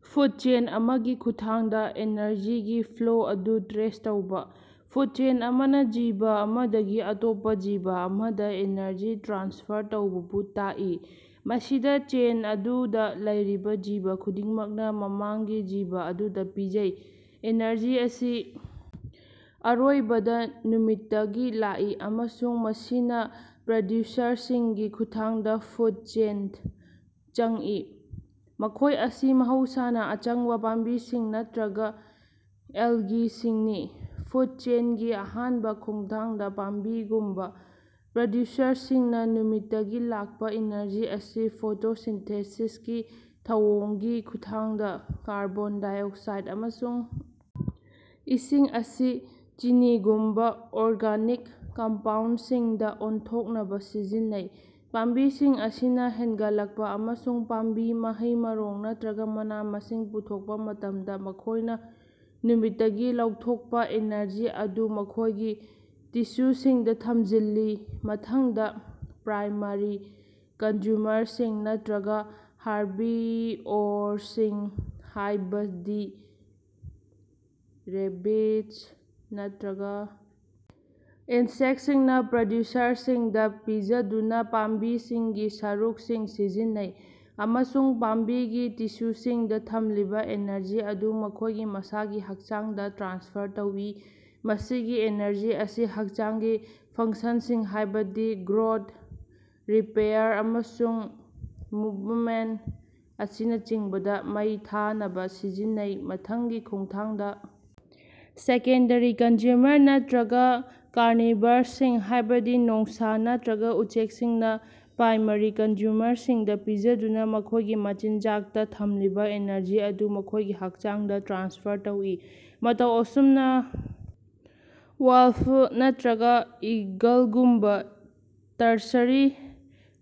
Food chain ꯑꯃꯒꯤ ꯈꯨꯠꯊꯥꯡꯗ ꯑꯦꯅꯔꯖꯤꯒꯤ ꯐ꯭ꯂꯣ ꯑꯗꯨ ꯇ꯭ꯔꯦꯁ ꯇꯧꯕ꯫ ꯐꯨꯗ ꯆꯦꯟ ꯑꯃꯅ ꯖꯤꯕ ꯑꯃꯗꯒꯤ ꯑꯇꯣꯞꯄ ꯖꯤꯕ ꯑꯃꯗ ꯑꯦꯅꯔꯖꯤ ꯇ꯭ꯔꯥꯟꯁꯐꯔ ꯇꯧꯕꯕꯨ ꯇꯥꯛꯏ, ꯃꯁꯤꯗ ꯆꯦꯟ ꯑꯗꯨꯗ ꯂꯩꯔꯤꯕ ꯖꯤꯕ ꯈꯨꯗꯤꯡꯃꯛꯅ ꯃꯃꯥꯡꯒꯤ ꯖꯤꯕ ꯑꯗꯨꯗ ꯄꯤꯖꯩ꯫ ꯑꯦꯅꯔꯖꯤ ꯑꯁꯤ ꯑꯔꯣꯏꯕꯗ ꯅꯨꯃꯤꯠꯇꯒꯤ ꯂꯥꯛꯏ, ꯑꯃꯁꯨꯡ ꯃꯁꯤꯅ ꯄ꯭ꯔꯗ꯭ꯌꯨꯁꯔꯁꯤꯡꯒꯤ ꯈꯨꯠꯊꯥꯡꯗ ꯐꯨꯗ ꯆꯦꯟꯗ ꯆꯪꯏ, ꯃꯈꯣꯏ ꯑꯁꯤ ꯃꯍꯧꯁꯥꯅ ꯑꯁꯪꯕ ꯄꯥꯝꯕꯤꯁꯤꯡ ꯅꯠꯇ꯭ꯔꯒ ꯑꯦꯜꯒꯤꯁꯤꯡꯅꯤ꯫ ꯐꯨꯗ ꯆꯦꯟꯒꯤ ꯑꯍꯥꯟꯕ ꯈꯣꯡꯊꯥꯡꯗ, ꯄꯥꯝꯕꯤꯒꯨꯝꯕ ꯄ꯭ꯔꯗ꯭ꯌꯨꯁꯔꯁꯤꯡꯅ ꯅꯨꯃꯤꯠꯇꯒꯤ ꯂꯥꯛꯄ ꯏꯅꯔꯖꯤ ꯑꯁꯤ ꯐꯣꯇꯣꯁꯤꯟꯊꯦꯁꯤꯁꯀꯤ ꯊꯧꯑꯣꯡꯒꯤ ꯈꯨꯠꯊꯥꯡꯗ ꯀꯥꯔꯕꯣꯟ ꯗꯥꯏꯑꯣꯛꯁꯥꯏꯠ ꯑꯃꯁꯨꯡ ꯏꯁꯤꯡ ꯑꯁꯤ ꯆꯤꯅꯤꯒꯨꯝꯕ ꯑꯣꯔꯒꯥꯅꯤꯛ ꯀꯝꯄꯥꯎꯟꯠꯁꯤꯡꯗ ꯑꯣꯟꯊꯣꯛꯅꯕ ꯁꯤꯖꯤꯟꯅꯩ꯫ ꯄꯥꯝꯕꯤꯁꯤꯡ ꯑꯁꯤꯅ ꯍꯦꯟꯒꯠꯂꯛꯄ ꯑꯃꯁꯨꯡ ꯄꯥꯝꯕꯤ, ꯃꯍꯩ-ꯃꯔꯣꯡ ꯅꯠꯇ꯭ꯔꯒ ꯃꯅꯥ-ꯃꯁꯤꯡ ꯄꯨꯊꯣꯛꯄ ꯃꯇꯝꯗ, ꯃꯈꯣꯏꯅ ꯅꯨꯃꯤꯠꯇꯒꯤ ꯂꯧꯊꯣꯛꯄ ꯑꯦꯅꯔꯖꯤ ꯑꯗꯨ ꯃꯈꯣꯏꯒꯤ ꯇꯤꯁꯨꯁꯤꯡꯗ ꯊꯝꯖꯤꯜꯂꯤ꯫ ꯃꯊꯪꯗ, ꯄ꯭ꯔꯥꯏꯃꯥꯔꯤ ꯀꯟꯖꯨꯃꯔꯁꯤꯡ ꯅꯠꯇ꯭ꯔꯒ ꯍꯥꯔꯕꯤꯑꯣꯔꯁꯤꯡ, ꯍꯥꯏꯕꯁꯤ ꯔꯦꯕꯤꯖ ꯅꯠꯇ꯭ꯔꯒ ꯏꯟꯁꯦꯛꯁꯤꯡꯅ ꯄ꯭ꯔꯗ꯭ꯌꯨꯁꯔꯁꯤꯡꯗ ꯄꯤꯖꯗꯨꯅ, ꯄꯥꯝꯕꯤꯁꯤꯡꯒꯤ ꯁꯔꯨꯛꯁꯤꯡ ꯁꯤꯖꯤꯟꯅꯩ ꯑꯃꯁꯨꯡ ꯄꯥꯝꯕꯤꯒꯤ ꯇꯤꯁꯨꯁꯤꯡꯗ ꯊꯝꯂꯤꯕ ꯑꯦꯅꯔꯖꯤ ꯑꯗꯨ ꯃꯈꯣꯏꯒꯤ ꯃꯁꯥꯒꯤ ꯍꯛꯆꯥꯡꯗ ꯇ꯭ꯔꯥꯟꯁꯐꯔ ꯇꯧꯏ꯫ ꯃꯁꯤꯒꯤ ꯑꯦꯅꯔꯖꯤ ꯑꯁꯤ ꯍꯛꯆꯥꯡꯒꯤ ꯐꯪꯁꯟꯁꯤꯡ ꯍꯥꯏꯕꯗꯤ ꯒ꯭ꯔꯣꯗ, ꯔꯤꯄꯦꯌꯥꯔ ꯑꯃꯁꯨꯡ ꯃꯨꯚꯃꯦꯟ ꯑꯁꯤꯅꯆꯤꯡꯕꯗ ꯃꯩ ꯊꯥꯅꯕ ꯁꯤꯖꯤꯟꯅꯩ꯫ ꯃꯊꯪꯒꯤ ꯈꯣꯡꯊꯥꯡꯗ, ꯁꯦꯀꯦꯟꯗꯔꯤ ꯀꯟꯖꯨꯃꯔ ꯅꯠꯇ꯭ꯔꯒ ꯀꯥꯔꯅꯤꯚꯔꯁꯤꯡ, ꯍꯥꯏꯕꯗꯤ ꯅꯣꯡꯁꯥ ꯅꯠꯇ꯭ꯔꯒ ꯎꯆꯦꯛꯁꯤꯡꯅ ꯄ꯭ꯔꯥꯏꯃꯥꯔꯤ ꯀꯟꯖꯨꯃꯔꯁꯤꯡꯗ ꯄꯤꯖꯗꯨꯅ ꯃꯈꯣꯏꯒꯤ ꯃꯆꯤꯟꯖꯥꯛꯇ ꯊꯝꯂꯤꯕ ꯑꯦꯅꯔꯖꯤ ꯑꯗꯨ ꯃꯈꯣꯏꯒꯤ ꯍꯛꯆꯥꯡꯗ ꯇ꯭ꯔꯥꯟꯁꯐꯔ ꯇꯧꯏ꯫ ꯃꯇꯧ ꯑꯁꯨꯝꯅ, ꯋꯥꯜꯐ ꯅꯠꯇꯔꯒꯥ ꯏꯒꯜꯒꯨꯝꯕ ꯇꯔꯁꯔꯤ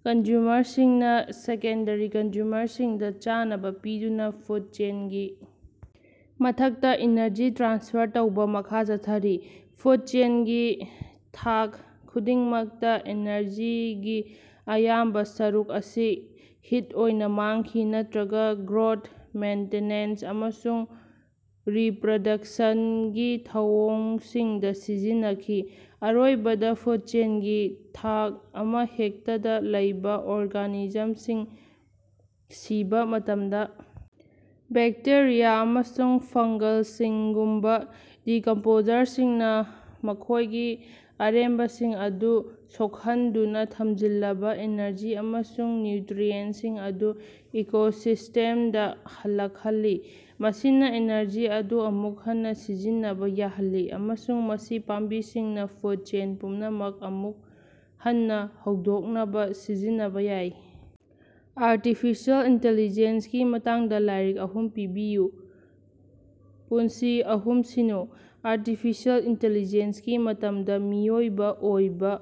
ꯀꯟꯖꯨꯃꯔꯁꯤꯡꯅ ꯁꯦꯀꯦꯟꯗꯔꯤ ꯀꯟꯖꯨꯃꯔꯁꯤꯡꯗ ꯆꯥꯅꯕ ꯄꯤꯗꯨꯅ ꯐꯨꯗ ꯆꯦꯟꯒꯤ ꯃꯊꯛꯇ ꯏꯅꯔꯖꯤ ꯇ꯭ꯔꯥꯟꯁꯐꯔ ꯇꯧꯕ ꯃꯈꯥ ꯆꯠꯊꯔꯤ꯫ ꯐꯨꯗ ꯆꯦꯟꯒꯤ ꯊꯥꯛ ꯈꯨꯗꯤꯡꯃꯛꯇ, ꯑꯦꯅꯔꯖꯤꯒꯤ ꯑꯌꯥꯝꯕ ꯁꯔꯨꯛ ꯑꯁꯤ ꯍꯤꯠ ꯑꯣꯏꯅ ꯃꯥꯡꯈꯤ ꯅꯠꯇ꯭ꯔꯒ ꯒ꯭ꯔꯣꯠ, ꯃꯦꯟꯇꯦꯅꯦꯟꯁ ꯑꯃꯁꯨꯡ ꯔꯤꯄꯔꯗꯛꯁꯟꯒꯤ ꯊꯧꯑꯣꯡꯁꯤꯡꯗ ꯁꯤꯖꯤꯟꯅꯈꯤ꯫ ꯑꯔꯣꯏꯕꯗ, ꯐꯨꯗ ꯆꯦꯟꯒꯤ ꯊꯥꯛ ꯑꯃꯍꯦꯛꯇꯗ ꯂꯩꯕ ꯑꯣꯔꯒꯥꯅꯤꯖꯝꯁꯤꯡ ꯁꯤꯕ ꯃꯇꯝꯗ, ꯕꯦꯛꯇꯦꯔꯤꯌꯥ ꯑꯃꯁꯨꯡ ꯐꯪꯒꯜꯁꯤꯡꯒꯨꯝꯕ ꯗꯤꯀꯝꯄꯣꯖꯔꯁꯤꯡꯅ ꯃꯈꯣꯏꯒꯤ ꯑꯔꯦꯝꯕꯁꯤꯡ ꯑꯗꯨ ꯁꯣꯛꯍꯟꯗꯨꯅ ꯊꯝꯖꯤꯜꯂꯕ ꯏꯅꯔꯖꯤ ꯑꯃꯁꯨꯡ ꯅ꯭ꯌꯨꯇ꯭ꯔꯤꯑꯦꯟꯁꯤꯡ ꯑꯗꯨ ꯏꯀꯣꯁꯤꯁ꯭ꯇꯦꯝꯗ ꯍꯜꯂꯛꯍꯜꯂꯤ꯫ ꯃꯁꯤꯅ ꯏꯅꯔꯖꯤ ꯑꯗꯨ ꯑꯃꯨꯛ ꯍꯟꯅ ꯁꯤꯖꯤꯟꯅꯕ ꯌꯥꯍꯜꯂꯤ, ꯑꯃꯁꯨꯡ ꯃꯁꯤ ꯄꯥꯝꯕꯤꯁꯤꯡꯅ ꯐꯨꯗ ꯆꯦꯟ ꯄꯨꯝꯅꯃꯛ ꯑꯃꯨꯛ ꯍꯟꯅ ꯍꯧꯗꯣꯛꯅꯕ ꯁꯤꯖꯤꯟꯅꯕ ꯌꯥꯏ꯫ ꯑꯥꯔꯇꯤꯐꯤꯁꯤꯑꯦꯜ ꯏꯟꯇꯦꯂꯤꯖꯦꯟꯁꯀꯤ ꯃꯇꯥꯡꯗ ꯂꯥꯏꯔꯤꯛ ꯑꯍꯨꯝ ꯄꯤꯕꯤꯌꯨ꯫ ꯄꯨꯟꯁꯤ ꯑꯍꯨꯝ ꯁꯤꯅ‌ꯣ: ꯑꯥꯔꯇꯤꯐꯤꯁꯤꯑꯦꯜ ꯏꯟꯇꯦꯂꯤꯖꯦꯟꯁꯀꯤ ꯃꯇꯝꯗ ꯃꯤꯑꯣꯏꯕ ꯑꯣꯏꯕ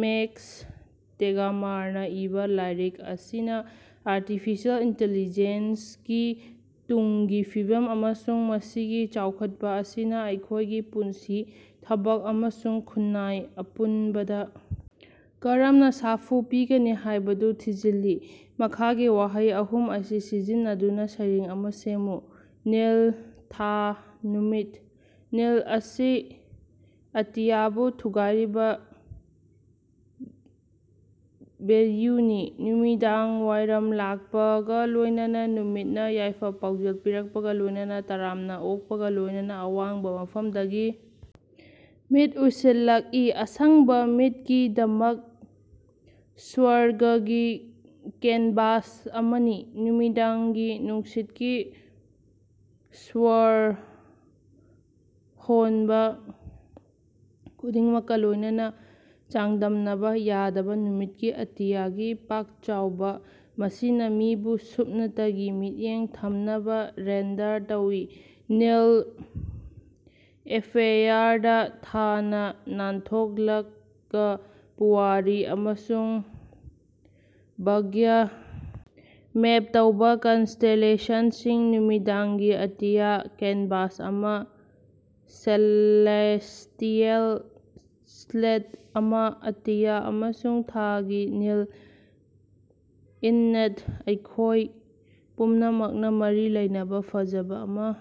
ꯃꯦꯛꯁ ꯇꯦꯒꯃꯥꯔꯅ ꯏꯕꯥ: ꯂꯥꯏꯔꯤꯛ ꯑꯁꯤꯅ ꯑꯥꯔꯇꯤꯐꯤꯁꯤꯑꯦꯜ ꯏꯟꯇꯦꯂꯤꯖꯦꯟꯁꯒꯤ ꯇꯨꯡꯒꯤ ꯐꯤꯕꯝ ꯑꯃꯁꯨꯡ ꯃꯁꯤꯒꯤ ꯆꯥꯎꯈꯠꯄ ꯑꯁꯤꯅ ꯑꯩꯈꯣꯏꯒꯤ ꯄꯨꯟꯁꯤ, ꯊꯕꯛ ꯑꯃꯁꯨꯡ ꯈꯨꯟꯅꯥꯏ ꯑꯄꯨꯟꯕꯗ ꯀꯔꯝꯅ ꯁꯥꯐꯨ ꯄꯤꯒꯅꯤ ꯍꯥꯏꯕꯗꯨ ꯊꯤꯖꯤꯜꯂꯤ꯫ ꯃꯈꯥꯒꯤ ꯋꯥꯍꯩ ꯑꯍꯨꯝ ꯑꯁꯤ ꯁꯤꯖꯤꯟꯅꯗꯨꯅ ꯁꯩꯔꯦꯡ ꯑꯃ ꯁꯦꯝꯃꯨ: ꯅꯤꯜ, ꯊꯥ, ꯅꯨꯃꯤꯠ꯫ ꯅꯤꯜ ꯑꯁꯤ ꯑꯇꯤꯌꯥꯕꯨ ꯊꯨꯒꯥꯏꯔꯤꯕ ꯚꯦꯜꯌꯨꯅꯤ, ꯅꯨꯃꯤꯗꯥꯡꯋꯥꯏꯔꯝ ꯂꯥꯛꯄꯒ ꯂꯣꯏꯅꯅ ꯅꯨꯃꯤꯠꯅ ꯌꯥꯏꯐ-ꯄꯥꯎꯖꯦꯜ ꯄꯤꯔꯛꯄꯒ ꯂꯣꯏꯅꯅ, ꯇꯔꯥꯝꯅꯥ ꯑꯣꯛꯄꯒ ꯂꯣꯏꯅꯅ ꯑꯋꯥꯡꯕ ꯃꯐꯝꯗꯒꯤ ꯃꯤꯠ ꯎꯏꯁꯤꯜꯂꯛꯏ, ꯑꯁꯪꯕ ꯃꯤꯠꯀꯤꯗꯃꯛ ꯁ꯭ꯋꯔꯒꯒꯤ ꯀꯦꯟꯚꯥꯁ ꯑꯃꯅꯤ꯫ ꯅꯨꯃꯤꯗꯥꯡꯒꯤ ꯅꯨꯡꯁꯤꯠꯀꯤ ꯁ꯭ꯋꯣꯔ ꯍꯣꯟꯕ ꯈꯨꯗꯤꯡꯃꯛꯀ ꯂꯣꯏꯅꯅ, ꯆꯥꯡꯗꯝꯅꯕ ꯌꯥꯗꯕ ꯅꯨꯃꯤꯠꯀꯤ ꯑꯇꯤꯌꯥꯒꯤ ꯄꯥꯛ ꯆꯥꯎꯕ, ꯃꯁꯤꯅ ꯃꯤꯕꯨ ꯁꯨꯞꯅꯇꯒꯤ ꯃꯤꯠꯌꯦꯡ ꯊꯝꯅꯕ ꯔꯦꯟꯗꯔ ꯇꯧꯏ, ꯅꯤꯜ ꯑꯦꯐꯦꯌꯥꯔꯗ ꯊꯥꯅꯥ ꯅꯥꯟꯊꯣꯛꯂꯛꯒ, ꯄꯨꯋꯥꯔꯤ ꯑꯃꯁꯨꯡ ꯚꯥꯒ꯭ꯌ ꯃꯦꯞ ꯇꯧꯕ ꯀꯟꯁꯇꯦꯂꯦꯁꯟꯁꯤꯡ, ꯅꯨꯃꯤꯗꯥꯡꯒꯤ ꯑꯇꯤꯌꯥ ꯀꯦꯟꯚꯥꯁ ꯑꯃ, ꯁꯦꯂꯦꯁ꯭ꯇꯤꯑꯦꯜ ꯁ꯭ꯂꯦꯠ ꯑꯃ, ꯑꯇꯤꯌꯥ ꯑꯃꯁꯨꯡ ꯊꯥꯒꯤ ꯅꯤꯜ ꯏꯟꯅꯦꯠ, ꯑꯩꯈꯣꯏ ꯄꯨꯝꯅꯃꯛꯅ ꯃꯔꯤ ꯂꯩꯅꯕ ꯐꯖꯕꯥ ꯑꯃ꯫